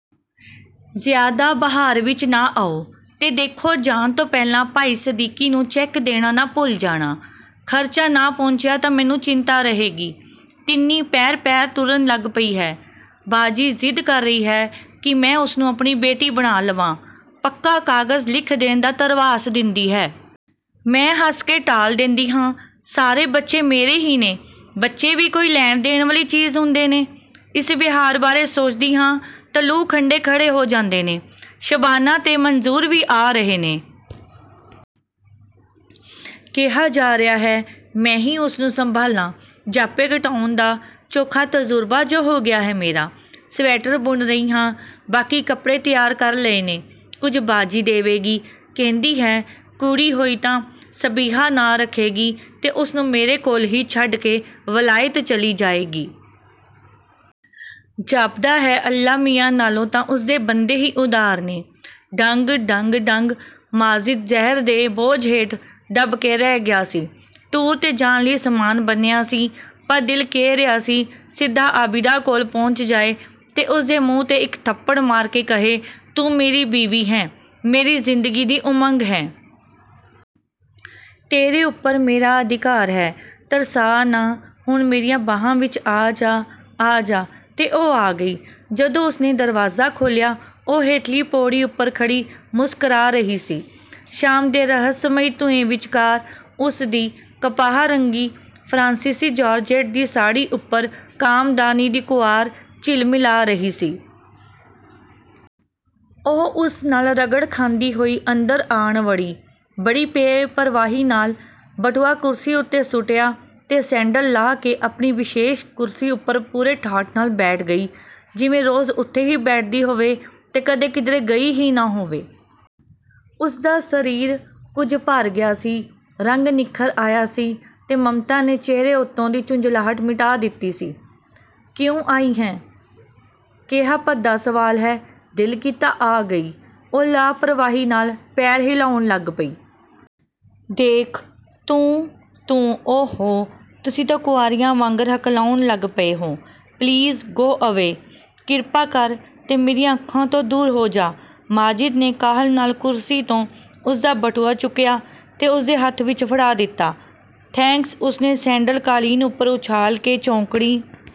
"ਜ਼ਿਆਦਾ ਬਹਾਰ ਵਿੱਚ ਨਾ ਆਓ; ਤੇ ਦੇਖੋ, ਜਾਣ ਤੋਂ ਪਹਿਲਾਂ ਭਾਈ ਸਦੀਕੀ ਨੂੰ ਚੈੱਕ ਦੇਣਾ ਨਾ ਭੁੱਲ ਜਾਣਾ, ਖਰਚਾ ਨਾ ਪਹੁੰਚਿਆ ਤਾਂ ਮੈਨੂੰ ਚਿੰਤਾ ਰਹੇਗੀ। ਤਿੰਨੀ, ਪੈਰ-ਪੈਰ ਤੁਰਨ ਲੱਗ ਪਈ ਹੈ। ਬਾਜੀ ਜ਼ਿੱਦ ਕਰ ਰਹੀ ਹੈ ਕਿ ਮੈਂ ਉਸਨੂੰ ਆਪਣੀ ਬੇਟੀ ਬਣਾ ਲਵਾਂ- ਪੱਕਾ ਕਾਗਜ਼ ਲਿਖ ਦੇਣ ਦਾ ਧਰਵਾਸ ਦਿੰਦੀ ਹੈ। ਮੈਂ ਹੱਸ ਕੇ ਟਾਲ ਦੇਂਦੀ ਹਾਂ, ਸਾਰੇ ਬੱਚੇ ਮੇਰੇ ਹੀ ਨੇ। ਬੱਚੇ ਵੀ ਕੋਈ ਲੈਣ-ਦੇਣ ਵਾਲੀ ਚੀਜ਼ ਹੁੰਦੇ ਨੇ! ਇਸ ਵਿਹਾਰ ਬਾਰੇ ਸੋਚਦੀ ਹਾਂ ਤਾਂ ਲੂੰ-ਕੰਡੇ ਖੜ੍ਹੇ ਹੋ ਜਾਂਦੇ ਨੇ। ਸ਼ਬਾਨਾ ਤੇ ਮੰਜ਼ੂਰ ਵੀ ਆ ਰਹੇ ਨੇ। ਕਿਹਾ ਜਾ ਰਿਹਾ ਹੈ, ਮੈਂ ਹੀ ਉਸਨੂੰ ਸੰਭਾਲਾਂ, ਜਾਪੇ ਕਟਾਉਣ ਦਾ ਚੋਖਾ ਤਜ਼ੁਰਬਾ ਜੋ ਹੋ ਗਿਆ ਹੈ ਮੇਰਾ। ਸਵੈਟਰ ਬੁਣ ਰਹੀ ਹਾਂ। ਬਾਕੀ ਕੱਪੜੇ ਤਿਆਰ ਕਰ ਲਏ ਨੇ। ਕੁਝ ਬਾਜੀ ਦੇਵੇਗੀ। ਕਹਿੰਦੀ ਹੈ, ਕੁੜੀ ਹੋਈ ਤਾਂ ਸਬਿਹਾ ਨਾਂ ਰੱਖੇਗੀ ਤੇ ਉਸਨੂੰ ਮੇਰੇ ਕੋਲ ਹੀ ਛੱਡ ਕੇ ਵਲਾਇਤ ਚਲੀ ਜਾਏਗੀ। ਜਾਪਦਾ ਹੈ, ਅੱਲਾ ਮੀਆਂ ਨਾਲੋਂ ਤਾਂ ਉਸਦੇ ਬੰਦੇ ਹੀ ਉਦਾਰ ਨੇ।" ਡੰਗ, ਡੰਗ, ਡੰਗ--ਮਾਜਿਦ ਜ਼ਹਿਰ ਦੇ ਬੋਝ ਹੇਠ ਦਬ ਕੇ ਰਹਿ ਗਿਆ ਸੀ। ਟੂਰ 'ਤੇ ਜਾਣ ਲਈ ਸਾਮਾਨ ਬੰਨ੍ਹਿਆ ਸੀ, ਪਰ ਦਿਲ ਕਹਿ ਰਿਹਾ ਸੀ, ਸਿੱਧਾ ਆਬਿਦਾ ਕੋਲ ਪਹੁੰਚ ਜਾਏ ਤੇ ਉਸਦੇ ਮੂੰਹ 'ਤੇ ਇੱਕ ਥੱਪੜ ਮਾਰ ਕੇ ਕਹੇ, ਤੂੰ ਮੇਰੀ ਬੀਵੀ ਹੈਂ, ਮੇਰੀ ਜ਼ਿੰਦਗੀ ਦੀ ਉਮੰਗ ਹੈਂ। ਤੇਰੇ ਉੱਪਰ ਮੇਰਾ ਅਧਿਕਾਰ ਹੈ। ਤਰਸਾ ਨਾ, ਹੁਣ ਮੇਰੀਆਂ ਬਾਹਾਂ ਵਿੱਚ ਆ ਜਾ, ਆ ਜਾ। ਤੇ ਉਹ ਆ ਗਈ। ਜਦੋਂ ਉਸਨੇ ਦਰਵਾਜ਼ਾ ਖੋਲ੍ਹਿਆ, ਉਹ ਹੇਠਲੀ ਪੌੜੀ ਉੱਪਰ ਖੜ੍ਹੀ ਮੁਸਕਰਾ ਰਹੀ ਸੀ। ਸ਼ਾਮ ਦੇ ਰਹੱਸਮਈ ਧੂੰਏਂ ਵਿੱਚਕਾਰ ਉਸਦੀ ਕਪਾਹ-ਰੰਗੀ ਫਰਾਂਸੀਸੀ ਜਾਰਜੈਟ ਦੀ ਸਾੜ੍ਹੀ ਉੱਪਰ ਕਾਮਦਾਨੀ ਦੀ ਕੁਆਰ ਝਿਲਮਿਲਾ ਰਹੀ ਸੀ। ਉਹ ਉਸ ਨਾਲ ਰਗੜ ਖਾਂਦੀ ਹੋਈ ਅੰਦਰ ਆਣ ਵੜੀ। ਬੜੀ ਬੇਪ੍ਰਵਾਹੀ ਨਾਲ ਬਟੂਆ ਕੁਰਸੀ ਉੱਤੇ ਸੁੱਟਿਆ ਤੇ ਸੈਂਡਲ ਲਾਹ ਕੇ ਆਪਣੀ ਵਿਸ਼ੇਸ਼ ਕੁਰਸੀ ਉੱਪਰ ਪੂਰੇ ਠਾਠ ਨਾਲ ਬੈਠ ਗਈ। ਜਿਵੇਂ ਰੋਜ਼ ਉੱਥੇ ਹੀ ਬੈਠਦੀ ਹੋਵੇ ਤੇ ਕਦੇ ਕਿਧਰੇ ਗਈ ਹੀ ਨਾ ਹੋਵੇ। ਉਸਦਾ ਸਰੀਰ ਕੁਝ ਭਰ ਗਿਆ ਸੀ; ਰੰਗ ਨਿੱਖਰ ਆਇਆ ਸੀ ਤੇ ਮਮਤਾ ਨੇ ਚਿਹਰੇ ਉੱਤੋਂ ਦੀ ਝੁੰਜਲਾਹਟ ਮਿਟਾ ਦਿੱਤੀ ਸੀ। "ਕਿਉਂ ਆਈ ਹੈਂ?" "ਕਿਹਾ ਭੱਦਾ ਸਵਾਲ ਹੈ! ਦਿਲ ਕੀਤਾ ਆ ਗਈ।" ਉਹ ਲਾਪਰਵਾਹੀ ਨਾਲ ਪੈਰ ਹਿਲਾਉਣ ਲੱਗ ਪਈ। "ਦੇਖ, ਤੂੰ, ਤੂੰ!" "ਓ-ਹੋ, ਤੁਸੀਂ ਤਾਂ ਕੁਆਰੀਆਂ ਵਾਂਗਰ ਹਕਲਾਉਣ ਲੱਗ ਪਏ ਹੋ!" "Please go away. ਕਿਰਪਾ ਕਰ, ਤੇ ਮੇਰੀਆਂ ਅੱਖਾਂ ਤੋਂ ਦੂਰ ਹੋ ਜਾ।" ਮਾਜਿਦ ਨੇ ਕਾਹਲ ਨਾਲ ਕੁਰਸੀ ਤੋਂ ਉਸਦਾ ਬਟੂਆ ਚੁੱਕਿਆ ਤੇ ਉਸਦੇ ਹੱਥ ਵਿੱਚ ਫੜਾ ਦਿੱਤਾ। "ਥੈਂਕਸ," ਉਸਨੇ ਸੈਂਡਲ ਕਾਲੀਨ ਉੱਪਰ ਉਛਾਲ ਕੇ ਚੌਂਕੜੀ